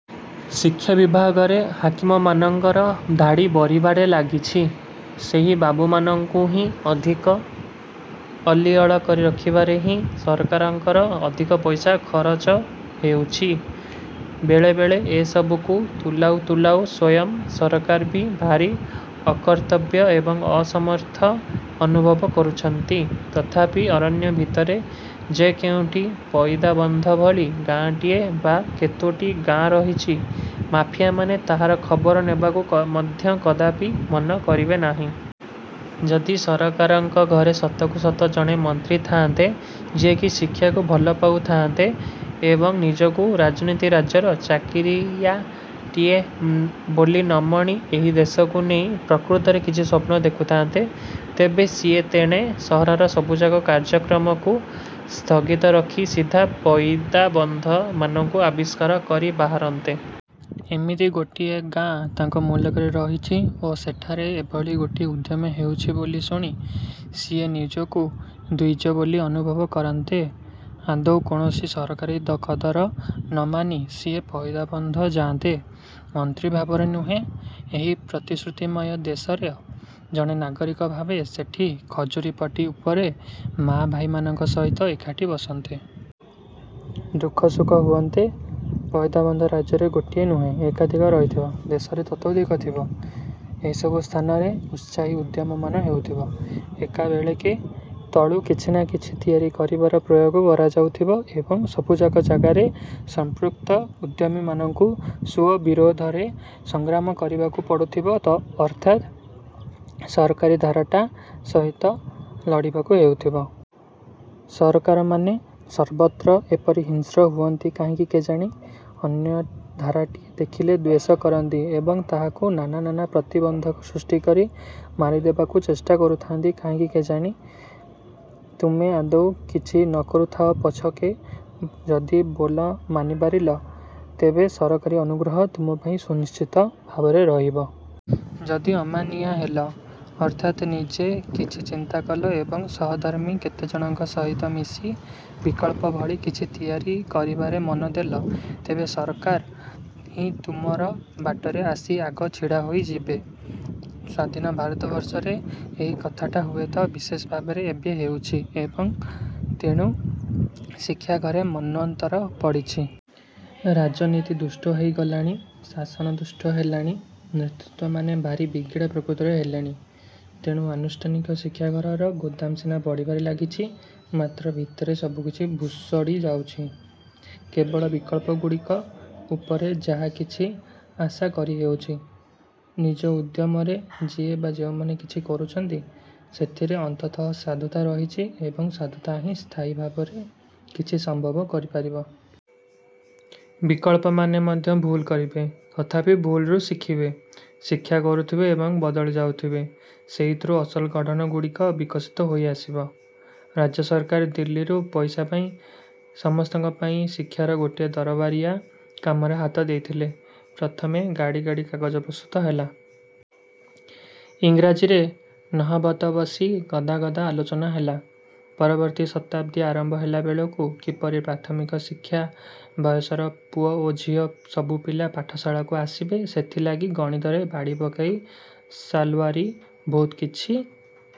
ଶିକ୍ଷା ବିଭାଗରେ ହାକିମମାନଙ୍କର ଧାଡ଼ି ବଢ଼ିବାରେ ଲାଗିଛି। ସେହି ବାବୁମାନଙ୍କୁ ହିଁ ଅଧିକ ଅଲିଅଳ କରି ରଖିବାରେ ହିଁ ସରକାରଙ୍କର ଅଧିକ ପଇସା ଖରଚ ହେଉଛି। ବେଳେବେଳେ ଏସବୁକୁ ତୁଲାଉ ତୁଲାଉ ସ୍ୱୟଂ ସରକାର ବି ଭାରି ଅକର୍ତ୍ତବ୍ୟ ଏବଂ ଅସମର୍ଥ ଅନୁଭବ କରୁଛନ୍ତି। ତଥାପି ଅରଣ୍ୟ ଭିତରେ ଯେ କେଉଁଠି ପଇଦାବନ୍ଧ ଭଳି ଗାଆଁଟିଏ ବା କେତୋଟି ଗାଆଁ ରହିଛି, ମାଫିଆମାନେ ତାହାର ଖବର ନେବାକୁ ମଧ୍ୟ କଦାପି ମନ କରିବେ ନାହିଁ। ଯଦି ସରକାରଙ୍କ ଘରେ ସତକୁ ସତ ଜଣେ ମନ୍ତ୍ରୀ ଥାଆନ୍ତେ, ଯିଏକି ଶିକ୍ଷାକୁ ଭଲ ପାଉଥାଆନ୍ତେ ଏବଂ ନିଜକୁ ରାଜନୀତି ରାଜ୍ୟର ଚାକିରିଆଟିଏ ବୋଲି ନମଣି ଏହି ଦେଶକୁ ନେଇ ପ୍ରକୃତରେ କିଛି ସ୍ୱପ୍ନ ଦେଖୁଥାନ୍ତେ, ତେବେ ସିଏ ତେଣେ ସହରର ସବୁଯାକ କାର୍ଯ୍ୟକ୍ରମକୁ ସ୍ଥଗିତ ରଖି ସିଧା ପଇଦାବନ୍ଧ ମାନଙ୍କୁ ଆବିଷ୍କାର କରି ବାହାରନ୍ତେ। ଏମିତି ଗୋଟିଏ ଗାଆଁ ତାଙ୍କ ମୁଲକରେ ରହିଛି ଓ ସେଠାରେ ଏଭଳି ଗୋଟିଏ ଉଦ୍ୟମ ହେଉଛି ବୋଲି ଶୁଣି ସିଏ ନିଜକୁ ଦ୍ୱିଜ ବୋଲି ଅନୁଭବ କରନ୍ତେ। ଆଦୌ କୌଣସି ସରକାରୀ କଦର ନମାନି ସିଏ ପଇଦାବନ୍ଧ ଯାଆନ୍ତେ। ମନ୍ତ୍ରୀ ଭାବରେ ନୁହେଁ, ଏହି ପ୍ରତିଶ୍ରୁତିମୟ ଦେଶର ଜଣେ ନାଗରିକ ଭାବେ ସେଠି ଖଜୁରିପଟି ଉପରେ ମାଆ ଭାଇମାନଙ୍କ ସହିତ ଏକାଠି ବସନ୍ତେ। ଦୁଃଖ ସୁଖ ହୁଅନ୍ତେ। ପଇଦାବନ୍ଧ ରାଜ୍ୟରେ ଗୋଟିଏ ନୁହେଁ, ଏକାଧିକ ରହିଥିବ। ଦେଶରେ ତତୋଃଧିକ। ଥିବ। ଏସବୁ ସ୍ଥାନରେ ଉତ୍ସାହୀ ଉଦ୍ୟମମାନ ହେଉଥିବ। ଏକାବେଳେକେ ତଳୁ କିଛି ନା କିଛି ତିଆରି କରିବାର ପ୍ରୟୋଗ କରାଯାଉଥିବ ଏବଂ ସବୁଯାକ ଜାଗାରେ ସମ୍ପୃକ୍ତ ଉଦ୍ୟମୀମାନଙ୍କୁ ସୁଅ ବିରୋଧରେ ସଂଗ୍ରାମ କରିବାକୁ ପଡୁଥିବ ଅର୍ଥାତ୍ ସରକାରୀ ଧାରାଟା ସହିତ ଲଢ଼ିବାକୁ ହେଉଥିବ। ସରକାରମାନେ ସର୍ବତ୍ର ଏପରି ହିଂସ୍ର ହୁଅନ୍ତି କାହିଁକି କେଜାଣି? ଅନ୍ୟ ଧାରାଟିଏ ଦେଖିଲେ ଦ୍ୱେଷ କରନ୍ତି ଏବଂ ତାହାକୁ ନାନା ପ୍ରତିବନ୍ଧକ ସୃଷ୍ଟିକରି ମାରିଦେବାକୁ ଚେଷ୍ଟା କରୁଥାନ୍ତି କାହିଁକି କେଜାଣି? ତୁମେ ଆଦୌ କିଛି ନକରୁଥାଅ ପଛକେ, ଯଦି ବୋଲ ମାନିପାରିଲ, ତେବେ ସରକାରୀ ଅନୁଗ୍ରହ ତୁମ ପାଇଁ ସୁନିଶ୍ଚିତ ଭାବରେ ରହିବ। ଯଦି ଅମାନିଆ ହେଲ, ଅର୍ଥାତ୍ ନିଜେ କିଛି ଚିନ୍ତା କଲ ଏବଂ ସହଧର୍ମୀ କେତେଜଣଙ୍କ ସହିତ ମିଶି ବିକଳ୍ପ ଭଳି କିଛି ତିଆରି କରିବାରେ ମନଦେଲ, ତେବେ ସରକାର ହିଁ ତୁମର ବାଟରେ ଆସି ଆଗ ଛିଡ଼ା ହୋଇଯିବେ। ସ୍ଵାଧୀନ ଭାରତବର୍ଷରେ ଏହି କଥାଟା ହୁଏତ ବିଶେଷ ଭାବରେ ଏବେ ହେଉଛି ଏବଂ ତେଣୁ ଶିକ୍ଷାଘରେ ମନ୍ୱନ୍ତର ପଡ଼ିଛି। ରାଜନୀତି ଦୁଷ୍ଟ ହୋଇଗଲାଣି, ଶାସନ ଦୁଷ୍ଟ ହେଲାଣି, ନେତୃତ୍ୱମାନେ ଭାରି ବିଗିଡ଼ା ପ୍ରକୃତିର ହେଲେଣି। ତେଣୁ ଆନୁଷ୍ଠାନିକ ଶିକ୍ଷାଘରର ଗୋଦାମ ସିନା ବଢ଼ିବାରେ ଲାଗିଛି, ମାତ୍ର ଭିତରେ ସବୁକିଛି ଭୁଷଡ଼ି ଯାଉଛି। କେବଳ ବିକଳ୍ପଗୁଡ଼ିକ ଉପରେ ଯାହା କିଛି ଆଶା କରି ହେଉଛି। ନିଜ ଉଦ୍ୟମରେ ଯିଏ ବା ଯେଉଁମାନେ କିଛି କରୁଛନ୍ତି, ସେଥିରେ ଅନ୍ତତଃ ସାଧୁତା ରହିଛି ଏବଂ ସାଧୁତା ହିଁ ସ୍ଥାୟୀ ଭାବରେ କିଛି ସମ୍ଭବ କରିପାରିବ! ବିକଳ୍ପମାନେ ମଧ୍ୟ ଭୁଲ କରିବେ, ତଥାପି ଭୁଲରୁ ଶିଖିବେ। ଶିକ୍ଷା କରୁଥିବେ ଏବଂ ବଦଳି ଯାଉଥିବେ। ସେଇଥିରୁ ଅସଲ ଗଢ଼ଣ ଗୁଡ଼ିକ ବିକଶିତ ହୋଇଆସିବ। ରାଜ୍ୟ ସରକାର ଦିଲ୍ଲୀରୁ ପଇସା ପାଇ ସମସ୍ତଙ୍କ ପାଇଁ ଶିକ୍ଷାର ଗୋଟିଏ ଦରବାରିଆ କାମରେ ହାତ ଦେଇଥିଲେ। ପ୍ରଥମେ ଗାଡ଼ି ଗାଡ଼ି କାଗଜ ପ୍ରସ୍ତୁତ ହେଲା। ଇଂରାଜୀରେ ନହବତ ବସି ଗଦା ଗଦା ଆଲୋଚନା ହେଲା। ପରବର୍ତ୍ତୀ ଶତାବ୍ଦୀ ଆରମ୍ଭ ହେବାବେଳକୁ କିପରି ପ୍ରାଥମିକ ଶିକ୍ଷା ବୟସର ପୁଅ ଓ ଝିଅ ସବୁପିଲା ପାଠଶାଳାକୁ ଆସିବେ, ସେଥିଲାଗି ଗଣିତରେ ବାଡ଼ି ପକାଇ ସାଲୱାରି ବହୁତ କିଛି